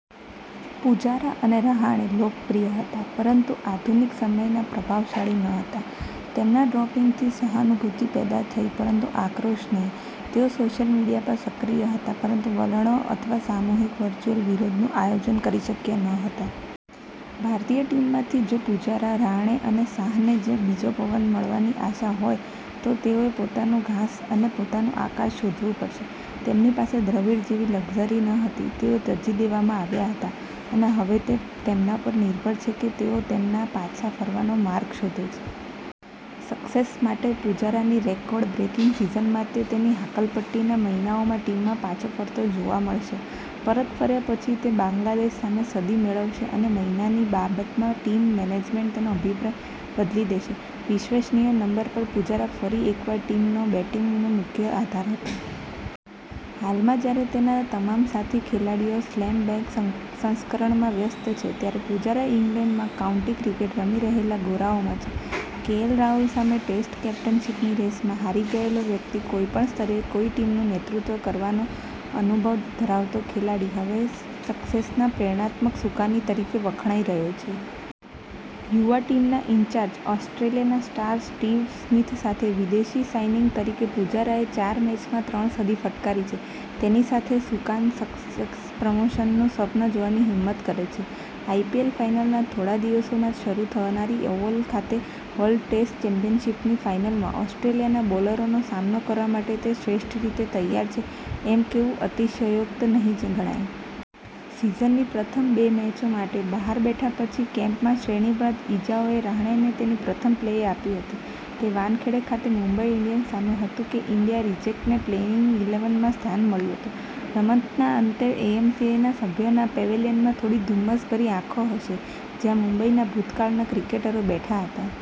પૂજારા અને રહાણે લોકપ્રિય હતા પરંતુ આધુનિક સમયના પ્રભાવશાળી ન હતા. તેમના ડ્રોપિંગથી સહાનુભૂતિ પેદા થઈ પરંતુ આક્રોશ નહીં. તેઓ સોશિયલ મીડિયા પર સક્રિય હતા પરંતુ વલણો અથવા સામૂહિક વર્ચ્યુઅલ વિરોધનું આયોજન કરી શક્યા ન હતા. ભારતીય ટીમમાંથી, જો પૂજારા, રહાણે અને સાહાને 'બીજો પવન' મળવાની આશા હોય, તો તેઓએ પોતાનું ઘાસ અને પોતાનું આકાશ શોધવું પડશે. તેમની પાસે દ્રવિડ જેવી લક્ઝરી નહોતી. તેઓ ત્યજી દેવામાં આવ્યા હતા અને હવે તે તેમના પર નિર્ભર છે કે તેઓ તેમના પાછા ફરવાનો માર્ગ શોધે છે. સસેક્સ માટે પુજારાની રેકોર્ડ બ્રેકિંગ સિઝનમાં તે તેની હકાલપટ્ટીના મહિનાઓમાં ટીમમાં પાછો ફરતો જોવા મળશે. પરત ફર્યા પછી, તે બાંગ્લાદેશ સામે સદી મેળવશે અને મહિનાની બાબતમાં, ટીમ મેનેજમેન્ટ તેનો અભિપ્રાય બદલી દેશે, વિશ્વસનીય નંબર પર પુજારા ફરી એકવાર ટીમનો બેટિંગનો મુખ્ય આધાર હતો. હાલમાં, જ્યારે તેના તમામ સાથી ખેલાડીઓ સ્લેમ-બેંગ સંસ્કરણમાં વ્યસ્ત છે, ત્યારે પૂજારા ઇંગ્લેન્ડમાં કાઉન્ટી ક્રિકેટ રમી રહેલા ગોરાઓમાં છે. કેએલ રાહુલ સામે ટેસ્ટ કેપ્ટનશીપની રેસમાં હારી ગયેલો વ્યક્તિ, કોઈપણ સ્તરે કોઈ ટીમનું નેતૃત્વ કરવાનો અનુભવ ધરાવતો ખેલાડી, હવે સસેક્સના પ્રેરણાત્મક સુકાની તરીકે વખણાઈ રહ્યો છે. યુવા ટીમના ઈન્ચાર્જ, ઓસ્ટ્રેલિયાના સ્ટાર સ્ટીવ સ્મિથ સાથે વિદેશી સાઈનિંગ તરીકે પુજારાએ ચાર મેચમાં ત્રણ સદી ફટકારી છે. તેની સાથે સુકાન, સસેક્સ પ્રમોશનનું સ્વપ્ન જોવાની હિંમત કરે છે. આઇપીએલ ફાઇનલના થોડા દિવસોમાં જ શરૂ થનારી ઓવલ ખાતે વર્લ્ડ ટેસ્ટ ચેમ્પિયનશિપની ફાઇનલમાં ઓસ્ટ્રેલિયાના બોલરોનો સામનો કરવા માટે તે શ્રેષ્ઠ રીતે તૈયાર છે એમ કહેવું અતિશયોક્તિ નહીં ગણાય. સીઝનની પ્રથમ બે મેચો માટે બહાર બેઠા પછી, કેમ્પમાં શ્રેણીબદ્ધ ઇજાઓએ રહાણેને તેની પ્રથમ પ્લેય આપી હતી. તે વાનખેડે ખાતે મુંબઈ ઈન્ડિયન્સ સામે હતું કે ઈન્ડિયા રિજેક્ટને પ્લેઈંગ ઈલેવનમાં સ્થાન મળ્યું હતું. રમતના અંતે, એમસીએના સભ્યોના પેવેલિયનમાં થોડી ધુમ્મસભરી આંખો હશે, જ્યાં મુંબઈના ભૂતકાળના ક્રિકેટરો બેઠા હતા.